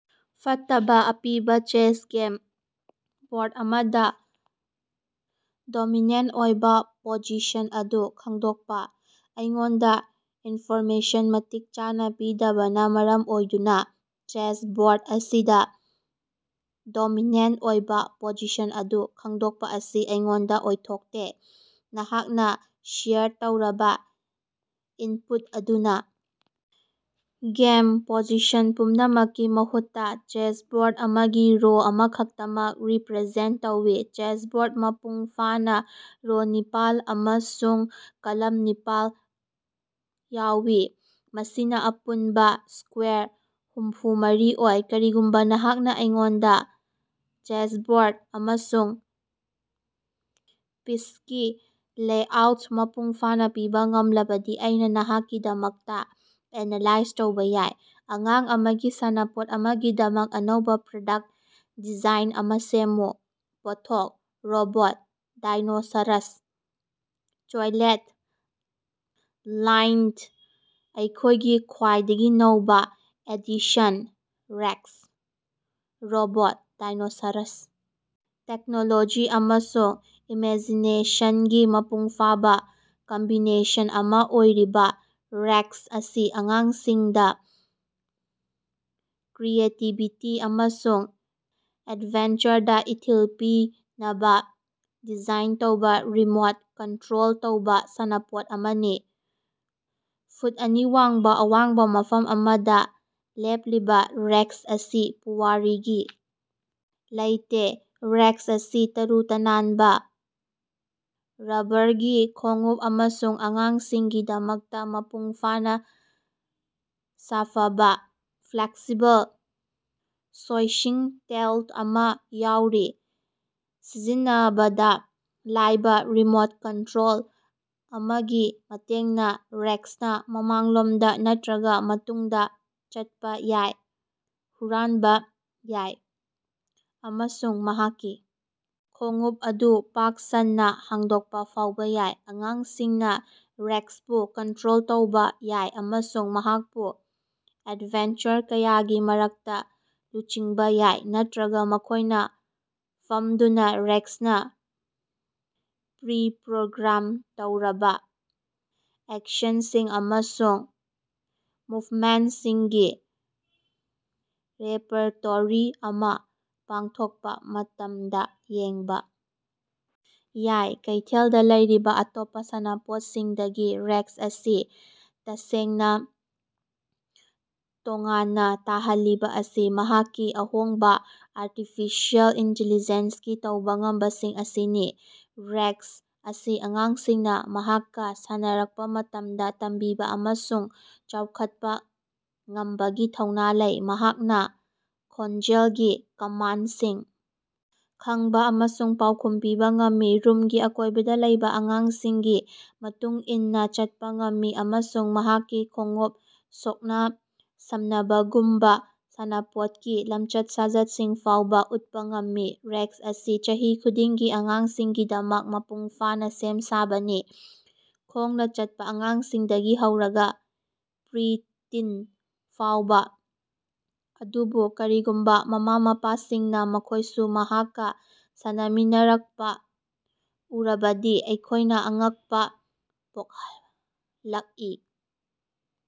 ꯐꯠꯇꯕ ꯑꯄꯤꯕ chess game ꯕꯣꯔꯗ ꯑꯃꯗ ꯗꯣꯃꯤꯅꯦꯟꯇ ꯑꯣꯏꯕ ꯄꯣꯖꯤꯁꯟ ꯑꯗꯨ ꯈꯪꯗꯣꯛꯄ꯫ ꯑꯩꯉꯣꯟꯗ ꯏꯟꯐꯣꯔꯃꯦꯁꯟ ꯃꯇꯤꯛ ꯆꯥꯅ ꯄꯤꯗꯕꯅ ꯃꯔꯝ ꯑꯣꯏꯗꯨꯅ ꯆꯦꯁꯕꯣꯔꯗ ꯑꯁꯤꯗ ꯗꯣꯃꯤꯅꯦꯟꯇ ꯑꯣꯏꯕ ꯄꯣꯖꯤꯁꯟ ꯑꯗꯨ ꯈꯪꯗꯣꯛꯄ ꯑꯁꯤ ꯑꯩꯉꯣꯟꯗ ꯑꯣꯏꯊꯣꯛꯇꯦ꯫ ꯅꯍꯥꯛꯅ ꯁꯦꯌꯔ ꯇꯧꯔꯕ ꯏꯅꯄꯨꯠ ꯑꯗꯨꯅ ꯒꯦꯝ ꯄꯣꯖꯤꯁꯟ ꯄꯨꯝꯅꯃꯛꯀꯤ ꯃꯍꯨꯠꯇ, ꯆꯦꯁꯕꯣꯔꯗ ꯑꯃꯒꯤ ꯔꯣ ꯑꯃꯈꯛꯇꯃꯛ ꯔꯤꯄꯔꯖꯦꯟꯇ ꯇꯧꯏ꯫ ꯆꯦꯁꯕꯣꯔꯗ ꯃꯄꯨꯡ ꯐꯥꯅꯥ ꯔꯣ ꯅꯤꯄꯥꯜ ꯑꯃꯁꯨꯡ ꯀꯂꯝ ꯅꯤꯄꯥꯜ ꯌꯥꯎꯏ, ꯃꯁꯤꯅ ꯑꯄꯨꯟꯕ ꯏꯁ꯭ꯀꯌꯥꯔ ꯍꯨꯝꯐꯨꯃꯔꯤ ꯑꯣꯏ꯫ ꯀꯔꯤꯒꯨꯝꯕ ꯅꯍꯥꯛꯅ ꯑꯩꯉꯣꯟꯗ ꯆꯦꯁꯕꯣꯔꯗ ꯑꯃꯁꯨꯡ ꯄꯤꯁꯀꯤ ꯂꯦꯑꯥꯎꯠ ꯃꯄꯨꯡ ꯐꯥꯅ ꯄꯤꯕ ꯉꯝꯂꯕꯗꯤ ꯑꯩꯅ ꯅꯍꯥꯛꯀꯤꯗꯃꯛꯇ ꯑꯦꯅꯥꯂꯥꯏꯖ ꯇꯧꯕ ꯌꯥꯏ꯫ ꯑꯉꯥꯡ ꯑꯃꯒꯤ ꯁꯥꯟꯅꯄꯣꯠ ꯑꯃꯒꯤꯗꯃꯛ ꯑꯅꯧꯕ ꯄ꯭ꯔꯗꯛꯇ ꯗꯤꯖꯥꯏꯟ ꯑꯃ ꯁꯦꯝꯃꯨ꯫ ꯄꯣꯠꯊꯣꯛ: ꯔꯣꯕꯣꯠ ꯗꯥꯏꯅꯣꯁꯥꯔꯁ꯫ ꯇꯣꯏꯂꯦꯠ ꯂꯥꯏꯟꯗ ꯑꯩꯈꯣꯏꯒꯤ ꯈ꯭ꯋꯥꯏꯗꯒꯤ ꯅꯧꯕ edition- rex, robot dinosaurs! Technology ꯑꯃꯁꯨꯡ ꯏꯃꯦꯖꯤꯅꯦꯁꯟꯒꯤ ꯃꯄꯨꯡ ꯐꯥꯕ ꯀꯝꯕꯤꯅꯦꯁꯟ ꯑꯃ ꯑꯣꯏꯔꯤꯕ ꯔꯦꯛꯁ ꯑꯁꯤ ꯑꯉꯥꯡꯁꯤꯡꯗ ꯀ꯭ꯔꯤꯌꯦꯇꯤꯕꯤꯇꯤ ꯑꯃꯁꯨꯡ ꯑꯦꯗꯚꯦꯟꯆꯔꯗ ꯏꯊꯤꯜ ꯄꯤꯅꯕ ꯗꯤꯖꯥꯏꯟ ꯇꯧꯕ ꯔꯤꯃꯣꯠ ꯀꯟꯠꯔꯣꯜ ꯇꯧꯕ ꯁꯥꯟꯅꯄꯣꯠ ꯑꯃꯅꯤ꯫ ꯐꯨꯠ ꯑꯅꯤ ꯋꯥꯡꯕ ꯑꯋꯥꯡꯕ ꯃꯐꯝ ꯑꯃꯗ ꯂꯦꯞꯂꯤꯕ ꯔꯦꯛꯁ ꯑꯁꯤ ꯄꯨꯋꯥꯔꯤꯒꯤ ꯂꯩꯇꯦ- ꯔꯦꯛꯁ ꯑꯁꯤ ꯇꯔꯨ ꯇꯅꯥꯟꯕꯥ, ꯔꯕ꯭ꯕꯔꯒꯤ ꯈꯣꯡꯎꯞ ꯑꯃꯁꯨꯡ ꯑꯉꯥꯡꯁꯤꯡꯒꯤꯗꯃꯛꯇ ꯃꯄꯨꯡ ꯐꯥꯅ ꯁꯥꯐꯕ ꯐ꯭ꯂꯦꯛꯁꯤꯕꯜ, ꯁꯣꯏꯁꯤꯡ ꯇꯦꯜ ꯑꯃ ꯌꯥꯎꯔꯤ꯫ ꯁꯤꯖꯤꯟꯅꯕꯗ ꯂꯥꯏꯕ ꯔꯤꯃꯣꯠ ꯀꯟꯇꯔꯣꯜ ꯑꯃꯒꯤ ꯃꯇꯦꯡꯅ ꯔꯦꯛꯁꯅ ꯃꯃꯥꯡꯂꯣꯝꯗ ꯅꯠꯇ꯭ꯔꯒꯥ ꯃꯇꯨꯡꯗ ꯆꯠꯄ ꯌꯥꯏ, ꯍꯨꯔꯥꯟꯕ ꯌꯥꯏ ꯑꯃꯁꯨꯡ ꯃꯍꯥꯛꯀꯤ ꯈꯣꯡꯎꯞ ꯑꯗꯨ ꯄꯥꯛ ꯁꯟꯅ ꯍꯥꯡꯗꯣꯛꯄ ꯐꯥꯎꯕ ꯌꯥꯏ꯫ ꯑꯉꯥꯡꯁꯤꯡꯅꯥ ꯔꯦꯛꯁꯄꯨ ꯀꯟꯇꯔꯣꯜ ꯇꯧꯕ ꯌꯥꯏ ꯑꯃꯁꯨꯡ ꯃꯍꯥꯛꯄꯨ ꯑꯦꯗꯚꯦꯟꯆꯔ ꯀꯌꯥꯒꯤ ꯃꯔꯛꯇ ꯂꯨꯆꯤꯡꯕ ꯌꯥꯏ, ꯅꯠꯇ꯭ꯔꯒꯥ ꯃꯈꯣꯏꯅ ꯐꯝꯗꯨꯅ ꯔꯦꯛꯁꯅ ꯄ꯭ꯔꯤ-ꯄ꯭ꯔꯣꯒ꯭ꯔꯥꯝ ꯇꯧꯔꯕ ꯑꯦꯛꯁꯟꯁꯤꯡ ꯑꯃꯁꯨꯡ ꯃꯨꯚꯃꯦꯟꯇꯁꯤꯡꯒꯤ ꯔꯦꯄꯔꯇꯣꯔꯤ ꯑꯃ ꯄꯥꯡꯊꯣꯛꯄ ꯃꯇꯝꯗ ꯌꯦꯡꯕ ꯌꯥꯏ꯫ ꯀꯩꯊꯦꯜꯗ ꯂꯩꯔꯤꯕꯥ ꯑꯇꯣꯞꯄ ꯁꯥꯟꯅꯄꯣꯠꯁꯤꯡꯗꯒꯤ ꯔꯦꯛꯁ ꯑꯁꯤ ꯇꯁꯦꯡꯅ ꯇꯣꯉꯥꯟꯅ ꯇꯥꯍꯜꯂꯤꯕ ꯑꯁꯤ ꯃꯍꯥꯛꯀꯤ ꯑꯍꯣꯡꯕ ꯑꯥꯔꯇꯤꯐꯤꯁꯤꯑꯦꯜ ꯏꯟꯇꯤꯂꯤꯖꯦꯟꯁꯀꯤ ꯇꯧꯕ ꯉꯝꯕꯁꯤꯡ ꯑꯁꯤꯅꯤ꯫ ꯔꯦꯛꯁ ꯑꯁꯤ ꯑꯉꯥꯡꯁꯤꯡꯅ ꯃꯍꯥꯛꯀꯥ ꯁꯥꯟꯅꯔꯛꯄ ꯃꯇꯝꯗ "ꯇꯝꯕꯤꯕ" ꯑꯃꯁꯨꯡ "ꯆꯥꯎꯈꯠꯄ" ꯉꯝꯕꯒꯤ ꯊꯧꯅ ꯂꯩ꯫ ꯃꯍꯥꯛꯅ ꯈꯣꯟꯖꯦꯜꯒꯤ ꯀꯃꯥꯟꯗꯁꯤꯡ ꯈꯪꯕ ꯑꯃꯁꯨꯡ ꯄꯥꯎꯈꯨꯝ ꯄꯤꯕ ꯉꯝꯃꯤ, ꯔꯨꯝꯒꯤ ꯑꯀꯣꯏꯕꯗ ꯂꯩꯕ ꯑꯉꯥꯡꯁꯤꯡꯒꯤ ꯃꯇꯨꯡ ꯏꯟꯅ ꯆꯠꯄ ꯉꯝꯃꯤ, ꯑꯃꯁꯨꯡ ꯃꯍꯥꯛꯀꯤ ꯈꯣꯡꯎꯞ ꯁꯣꯛꯅ-ꯁꯝꯅꯕꯒꯨꯝꯕ ꯁꯥꯟꯅꯄꯣꯠꯀꯤ ꯂꯝꯆꯠ-ꯁꯥꯖꯠꯁꯤꯡ ꯐꯥꯎꯕ ꯎꯠꯄ ꯉꯝꯃꯤ꯫ ꯔꯦꯛꯁ ꯑꯁꯤ ꯆꯍꯤ ꯈꯨꯗꯤꯡꯒꯤ ꯑꯉꯥꯡꯁꯤꯡꯒꯤꯗꯃꯛ ꯃꯄꯨꯡ ꯐꯥꯅ ꯁꯦꯝ ꯁꯥꯕꯅꯤ, ꯈꯣꯡꯅ ꯆꯠꯄ ꯑꯉꯥꯡꯁꯤꯡꯗꯒꯤ ꯍꯧꯔꯒꯥ ꯄ꯭ꯔꯤ-ꯇꯤꯟ ꯐꯥꯎꯕ ꯑꯗꯨꯕꯨ ꯀꯔꯤꯒꯨꯝꯕ ꯃꯃꯥ-ꯃꯄꯥꯁꯤꯡꯅ ꯃꯈꯣꯏꯁꯨ ꯃꯍꯥꯛꯀꯥ ꯁꯥꯟꯅꯃꯤꯟꯅꯔꯛꯄ ꯎꯔꯕꯗꯤ ꯑꯩꯈꯣꯏꯅ ꯑꯉꯛꯄꯥ ꯄꯣꯛꯂꯛꯏ!